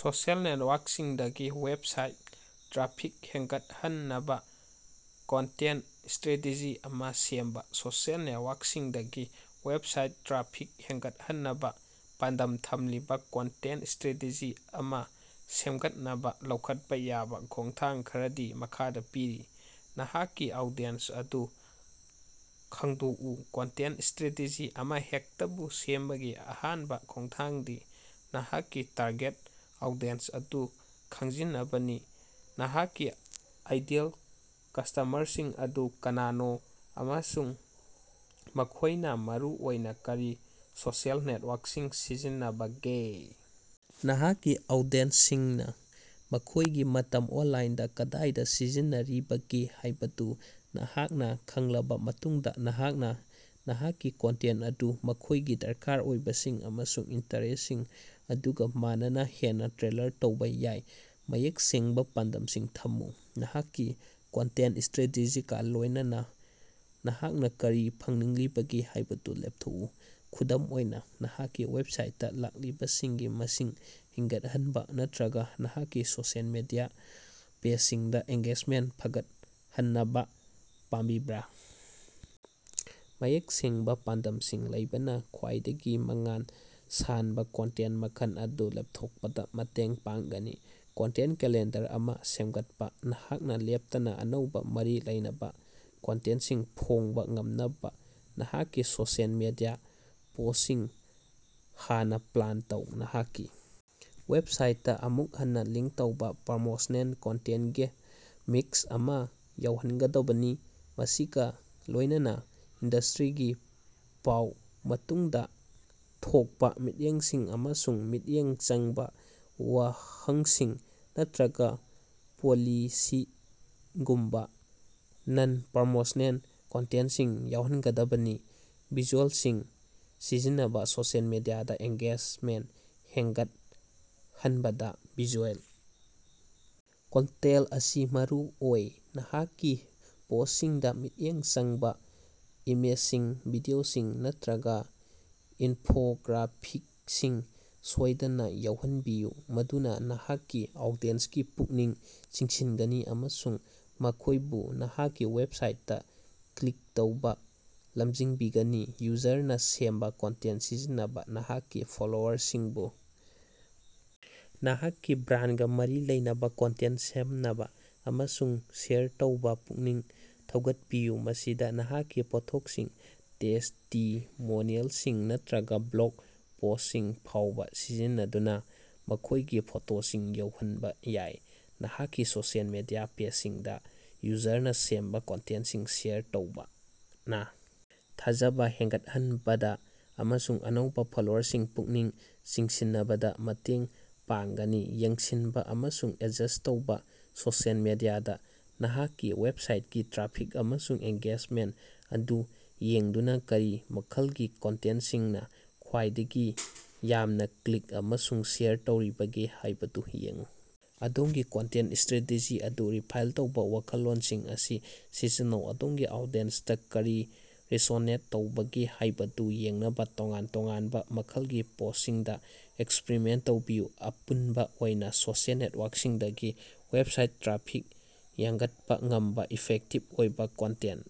Social ꯅꯦꯠꯋꯥꯔꯛꯁꯤꯡꯗꯒꯤ website traffic ꯍꯦꯟꯒꯠꯍꯟꯅꯕꯥ content strategy ꯑꯃꯥ ꯁꯦꯝꯕꯥ꯫ ꯁꯣꯁꯤꯑꯦꯜ ꯅꯦꯠꯋꯥꯔꯛꯁꯤꯡꯗꯒꯤ ꯋꯦꯕꯁꯥꯏꯠ ꯇ꯭ꯔꯥꯐꯤꯛ ꯍꯦꯟꯍꯟꯅꯕꯥ ꯄꯥꯟꯗꯝ ꯊꯝꯂꯤꯕꯥ ꯀꯟꯇꯦꯇꯟ꯭ꯇ ꯁꯇ꯭ꯔꯥꯇꯦꯖꯤ ꯑꯃꯥ ꯁꯦꯃꯒꯠꯅꯕꯥ ꯂꯧꯈꯠꯄꯥ ꯌꯥꯕꯥ ꯈꯣꯡꯊꯥꯡ ꯈꯔꯗꯤ ꯃꯈꯥꯗꯥ ꯄꯤꯔꯤ: ꯅꯍꯥꯛꯀꯤ ꯑꯣꯗꯤꯑꯦꯁ ꯑꯗꯨ ꯈꯪꯗꯣꯛꯎ: ꯀꯟꯇꯦꯟ꯭ꯇ ꯁꯇ꯭ꯔꯥꯇꯦꯖꯤ ꯑꯃꯍꯦꯛꯇꯕꯨ ꯁꯦꯝꯕꯒꯤ ꯑꯍꯥꯅꯕꯥ ꯈꯣꯡꯊꯥꯡꯗꯤ ꯅꯍꯥꯛꯀꯤ ꯇꯥꯔꯒꯦꯠ ꯑꯣꯗꯤꯑꯦꯁ ꯑꯗꯨ ꯈꯪꯖꯤꯅꯕꯅꯤ꯫ ꯅꯍꯥꯛꯀꯤ ꯑꯥꯏꯗꯤꯌꯦꯜ ꯀꯁ꯭ꯇꯃꯔꯁꯤꯡ ꯑꯗꯨ ꯀꯅꯥꯅꯣ, ꯑꯃꯁꯨꯡ ꯃꯈꯣꯏꯅꯥ ꯃꯔꯨꯑꯣꯏꯅꯥ ꯀꯔꯤ ꯁꯣꯁꯤꯑꯦꯜ ꯅꯦꯠꯋꯥꯔꯛꯁꯤꯡ ꯁꯤꯖꯤꯟꯅꯔꯤꯕꯒꯦ? ꯅꯍꯥꯛꯀꯤ ꯑꯣꯗꯤꯑꯦꯁꯁꯤꯡꯅꯥ ꯃꯈꯣꯏꯒꯤ ꯃꯇꯝ ꯑꯣꯟꯂꯥꯏꯟꯗꯥ ꯀꯗꯥꯏꯗꯥ ꯁꯤꯖꯤꯟꯅꯔꯤꯕꯒꯦ ꯍꯥꯌꯕꯗꯨ ꯅꯍꯥꯛꯅꯥ ꯈꯪꯂꯕꯥ ꯃꯇꯨꯡꯗꯥ, ꯅꯍꯥꯛꯅꯥ ꯅꯍꯥꯛꯀꯤ ꯀꯟꯇꯦꯟ꯭ꯇ ꯑꯗꯨ ꯃꯈꯣꯏꯒꯤ ꯗꯔꯀꯥꯔ ꯑꯣꯏꯕꯁꯤꯡ ꯑꯃꯁꯨꯡ ꯏꯟꯇ꯭ꯔꯦꯁꯠꯁꯤꯡ ꯑꯗꯨꯒꯥ ꯃꯥꯟꯅꯅꯥ ꯍꯦꯟꯅꯥ ꯇꯦꯜꯂꯔ ꯇꯧꯕꯥ ꯌꯥꯏ꯫ ꯃꯌꯦꯛ ꯁꯦꯡꯕꯥ ꯄꯥꯟꯗꯝꯁꯤꯡ ꯊꯝꯃꯨ: ꯅꯍꯥꯛꯀꯤ ꯀꯟꯇꯦꯟ꯭ꯇ ꯁꯇ꯭ꯔꯥꯇꯦꯖꯤꯒꯥ ꯂꯣꯏꯅꯅꯥ ꯅꯍꯥꯛꯅꯥ ꯀꯔꯤ ꯐꯪꯅꯤꯡꯂꯤꯕꯒꯦ ꯍꯥꯏꯕꯗꯨ ꯂꯦꯞꯊꯣꯛꯑꯨ꯫ ꯈꯨꯗꯝ ꯑꯣꯏꯅꯥ, ꯅꯍꯥꯛꯀꯤ ꯋꯦꯕꯁꯥꯏꯠꯇꯥ ꯂꯥꯛꯂꯤꯕꯁꯤꯡꯒꯤ ꯃꯁꯤꯡ ꯍꯦꯒꯠꯍꯟꯕꯥ ꯅꯠꯇ꯭ꯔꯒꯥ ꯅꯍꯥꯛꯀꯤ ꯁꯣꯁꯤꯑꯦꯜ ꯃꯤꯗꯤꯌꯥ ꯄꯦꯖꯁꯤꯡꯗꯥ ꯑꯦꯟꯒꯦꯖꯃꯦꯟꯇ ꯐꯒꯠꯍꯅꯕꯥ ꯄꯥꯝꯕꯤꯕ꯭ꯔꯥ? ꯃꯌꯦꯛ ꯁꯦꯡꯕꯥ ꯄꯥꯟꯗꯝꯁꯤꯡ ꯂꯩꯕꯅꯥ ꯈ꯭ꯋꯥꯏꯗꯒꯤ ꯃꯉꯝ ꯁꯥꯟꯕꯥ ꯀꯟꯇꯦꯟ꯭ꯇ ꯃꯈꯜ ꯑꯗꯨ ꯂꯦꯞꯊꯣꯛꯄꯗꯥ ꯃꯇꯦꯡ ꯄꯥꯡꯒꯅꯤ꯫ ꯀꯟꯇꯦꯟ꯭ꯇ ꯀꯦꯂꯦꯟꯗꯔ ꯑꯃꯥ ꯁꯦꯝꯒꯠꯄꯥ: ꯅꯍꯥꯛꯅꯥ ꯂꯦꯞꯇꯅꯥ ꯑꯅꯧꯕꯥ, ꯃꯔꯤ ꯂꯩꯅꯕꯥ ꯀꯟꯇꯦꯟ꯭ꯇꯁꯤꯡ ꯐꯣꯡꯕꯥ ꯉꯝꯅꯕꯥ ꯅꯍꯥꯛꯀꯤ ꯁꯣꯁꯤꯑꯦꯜ ꯃꯤꯗꯤꯌꯥ ꯄꯣꯁꯠꯁꯤꯡ ꯍꯥꯟꯅꯥ ꯄ꯭ꯂꯥꯟ ꯇꯧ꯫ ꯅꯍꯥꯛꯀꯤ ꯋꯦꯕꯁꯥꯏꯠꯇꯥ ꯑꯃꯨꯛ ꯍꯟꯅꯥ ꯂꯤꯡꯛ ꯇꯧꯕꯥ ꯄ꯭ꯔꯣꯃꯣꯁꯅꯦꯜ ꯀꯟꯇꯦꯟ꯭ꯇꯀꯤ ꯃꯤꯛꯁ ꯑꯃꯥ ꯌꯥꯎꯍꯟꯒꯗꯕꯅꯤ, ꯃꯁꯤꯒꯥ ꯂꯣꯏꯅꯅꯥ ꯏꯟꯗꯁꯇ꯭ꯔꯤꯒꯤ ꯄꯥꯎ, ꯃꯇꯨꯡꯗꯥ ꯊꯣꯛꯄꯥ ꯃꯤꯠꯌꯦꯡꯁꯤꯡ, ꯑꯃꯁꯨꯡ ꯃꯤꯠꯌꯦꯡ ꯆꯪꯕꯥ ꯋꯥꯍꯪꯁꯤꯡ ꯅꯠꯇ꯭ꯔꯒꯥ ꯄꯣꯂꯤꯁꯤꯁꯒꯨꯝꯕꯥ ꯅꯟ-ꯄ꯭ꯔꯣꯃꯣꯁꯅꯦꯜ ꯀꯟꯇꯦꯟ꯭ꯇꯁꯤꯡ ꯌꯥꯎꯍꯟꯒꯗꯕꯅꯤ꯫ ꯚꯤꯖꯨꯑꯦꯂꯁꯤꯡ ꯁꯤꯖꯤꯟꯅꯕꯥ: ꯁꯣꯁꯤꯑꯦꯜ ꯃꯤꯗꯤꯌꯥꯗꯥ ꯑꯦꯟꯒꯦꯖꯃꯦꯟꯠ ꯍꯦꯒꯠꯍꯟꯕꯗ ꯚꯤꯖꯨꯑꯦꯜ ꯀꯟꯇꯦꯟꯇ ꯑꯁꯤ ꯃꯔꯨ ꯑꯣꯏ꯫ ꯅꯍꯥꯛꯀꯤ ꯄꯣꯁꯠꯁꯤꯡꯗꯥ ꯃꯤꯠꯌꯦꯡ ꯆꯪꯕꯥ ꯏꯃꯦꯖꯁꯤꯡ, ꯚꯤꯗꯤꯑꯣꯁꯤꯡ ꯅꯠꯇ꯭ꯔꯒꯥ ꯏꯟꯐꯣꯒ꯭ꯔꯥꯐꯤꯛꯁꯤꯡ ꯁꯣꯏꯗꯅꯥ ꯌꯥꯎꯍꯟꯕꯤꯌꯨ ꯃꯗꯨꯅꯥ ꯅꯍꯥꯛꯀꯤ ꯑꯣꯗꯤꯌꯦꯁꯒꯤ ꯄꯨꯛꯅꯤꯡ ꯆꯤꯡꯁꯤꯟꯅꯤ ꯑꯃꯁꯨꯡ ꯃꯈꯣꯏꯕꯨ ꯅꯍꯥꯛꯀꯤ ꯋꯦꯕꯁꯥꯏꯠꯇꯥ ꯀ꯭ꯂꯤꯛ ꯇꯧꯅꯕꯥ ꯂꯝꯖꯤꯡꯕꯤꯒꯅꯤ꯫ ꯌꯨꯖꯔꯅꯥ ꯁꯦꯝꯕꯥ ꯀꯟꯇꯦꯟ꯭ꯇ ꯁꯤꯖꯤꯟꯅꯕ: ꯅꯍꯥꯛꯀꯤ ꯐꯣꯂꯣꯋꯔꯁꯤꯡꯕꯨ ꯅꯍꯥꯛꯀꯤ ꯕ꯭ꯔꯥꯟꯒꯥ ꯃꯔꯤ ꯂꯩꯅꯕꯥ ꯀꯟꯇꯦꯟ꯭ꯇ ꯁꯦꯝꯅꯕꯥ ꯑꯃꯁꯨꯡ ꯁꯤꯌꯔ ꯇꯧꯅꯕꯥ ꯄꯨꯛꯅꯤꯡ ꯊꯧꯒꯠꯄꯤꯌꯨ꯫ ꯃꯁꯤꯗꯥ ꯅꯍꯥꯛꯀꯤ ꯄꯣꯠꯊꯣꯛꯁꯤꯡ, ꯇꯦꯁ꯭ꯇꯤꯃꯣꯅꯤꯌꯦꯂꯁꯤꯡ ꯅꯠꯇ꯭ꯔꯒꯥ ꯕ꯭ꯂꯣꯒ ꯄꯣꯁꯠꯁꯤꯡ ꯐꯥꯎꯕꯥ ꯁꯤꯖꯤꯟꯅꯗꯨꯅꯥ ꯃꯈꯣꯏꯒꯤ ꯐꯣꯇꯣꯁꯤꯡ ꯌꯥꯎꯍꯟꯕꯥ ꯌꯥꯏ꯫ ꯅꯍꯥꯛꯀꯤ ꯁꯣꯁꯤꯑꯦꯜ ꯃꯤꯗꯤꯌꯥ ꯄꯦꯖꯁꯤꯡꯗꯥ ꯌꯨꯖꯔꯅꯥ ꯁꯦꯝꯕꯥ ꯀꯟꯇꯦꯟ꯭ꯇꯁꯤꯡ ꯁꯤꯌꯔ ꯇꯧꯕꯅꯥ ꯊꯥꯖꯕꯥ ꯍꯦꯒꯠꯍꯟꯕꯗꯥ ꯑꯃꯁꯨꯡ ꯑꯅꯧꯕꯥ ꯐꯣꯂꯣꯋꯔꯁꯤꯡ ꯄꯨꯛꯅꯤꯡ ꯆꯤꯡꯁꯤꯅꯕꯗꯥ ꯃꯇꯦꯡ ꯄꯥꯡꯒꯅꯤ꯫ ꯌꯦꯡꯁꯤꯟꯕꯥ ꯑꯃꯁꯨꯡ ꯑꯦꯗꯖꯁꯠ ꯇꯧꯕꯥ: ꯁꯣꯁꯤꯑꯦꯜ ꯃꯤꯗꯤꯌꯥꯗꯥ ꯅꯍꯥꯛꯀꯤ ꯋꯦꯕꯁꯥꯏꯠꯀꯤ ꯇ꯭ꯔꯥꯐꯤꯛ ꯑꯃꯁꯨꯡ ꯑꯦꯟꯒꯦꯖꯃꯦꯟꯠ ꯑꯗꯨ ꯌꯦꯡꯗꯨꯅꯥ ꯀꯔꯤ ꯃꯈꯜꯒꯤ ꯀꯟꯇꯦꯟ꯭ꯇꯁꯤꯡꯅꯥ ꯈ꯭ꯋꯥꯏꯗꯒꯤ ꯌꯥꯝꯅꯥ ꯀ꯭ꯂꯤꯛ ꯑꯃꯁꯨꯡ ꯁꯤꯌꯔ ꯇꯧꯔꯤꯕꯒꯦ ꯍꯥꯏꯕꯗꯨ ꯌꯦꯡꯑꯨ꯫ ꯑꯗꯣꯝꯒꯤ ꯀꯟꯇꯦꯟ꯭ꯇ ꯁ꯭ꯇꯔꯦꯇꯦꯖꯤ ꯑꯗꯨ ꯔꯤꯐꯥꯏꯟ ꯇꯧꯅꯕꯥ ꯋꯥꯈꯜꯂꯣꯟꯁꯤꯡ ꯑꯁꯤ ꯁꯤꯖꯤꯟꯅꯧ, ꯑꯗꯣꯝꯒꯤ ꯑꯣꯗꯤꯌꯦꯁꯗꯥ ꯀꯔꯤ ꯔꯤꯖꯣꯅꯦꯠ ꯇꯧꯕꯒꯦ ꯍꯥꯏꯕꯗꯨ ꯌꯦꯡꯅꯕꯥ ꯇꯣꯉꯥꯟ ꯇꯣꯉꯥꯅꯕꯥ ꯃꯈꯂꯒꯤ ꯄꯣꯁꯠꯁꯤꯡꯗꯥ ꯑꯦꯛꯁꯄ꯭ꯔꯤꯃꯦꯟꯠ ꯇꯧꯕꯤꯌꯨ꯫ ꯑꯄꯨꯅꯕꯥ ꯑꯣꯏꯅꯥ, ꯁꯣꯁꯤꯑꯦꯜ ꯅꯦꯠꯋꯥꯔꯛꯁꯤꯡꯗꯒꯤ ꯋꯦꯕꯁꯥꯏꯠ ꯇ꯭ꯔꯥꯐꯤꯛ ꯌꯥꯡꯒꯠꯄꯥ ꯉꯝꯕꯥ ꯏꯐꯦꯛꯇꯤꯚ ꯑꯣꯏꯕꯥ ꯀꯟꯇꯦꯟ꯭ꯇ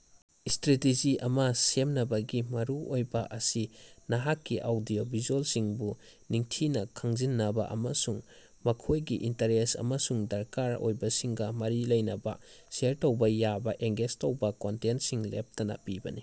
ꯁꯇ꯭ꯔꯦꯇꯦꯖꯤ ꯑꯃꯥ ꯁꯦꯝꯅꯕꯒꯤ ꯃꯔꯨꯑꯣꯏꯕꯥ ꯑꯁꯤ ꯅꯍꯥꯛꯀꯤ ꯑꯣꯗꯤꯑꯣ-ꯚꯤꯖꯨꯑꯦꯜꯁꯤꯡꯕꯨ ꯅꯤꯡꯊꯤꯅꯥ ꯈꯪꯖꯤꯅꯕꯥ ꯑꯃꯁꯨꯡ ꯃꯈꯣꯏꯒꯤ ꯏꯟꯇ꯭ꯔꯦꯁꯠ ꯑꯃꯁꯨꯡ ꯗꯔꯀꯥꯔ ꯑꯣꯏꯕꯁꯤꯡꯒꯥ ꯃꯔꯤ ꯂꯩꯅꯕꯥ ꯁꯤꯌꯔ ꯇꯧꯕꯥ ꯌꯥꯕꯥ, ꯑꯦꯟꯒꯦꯖ ꯇꯧꯕꯥ ꯀꯟꯇꯦꯟ꯭ꯇ ꯁꯤꯡ ꯂꯦꯞꯇꯅꯥ ꯄꯤꯕꯅꯤ꯫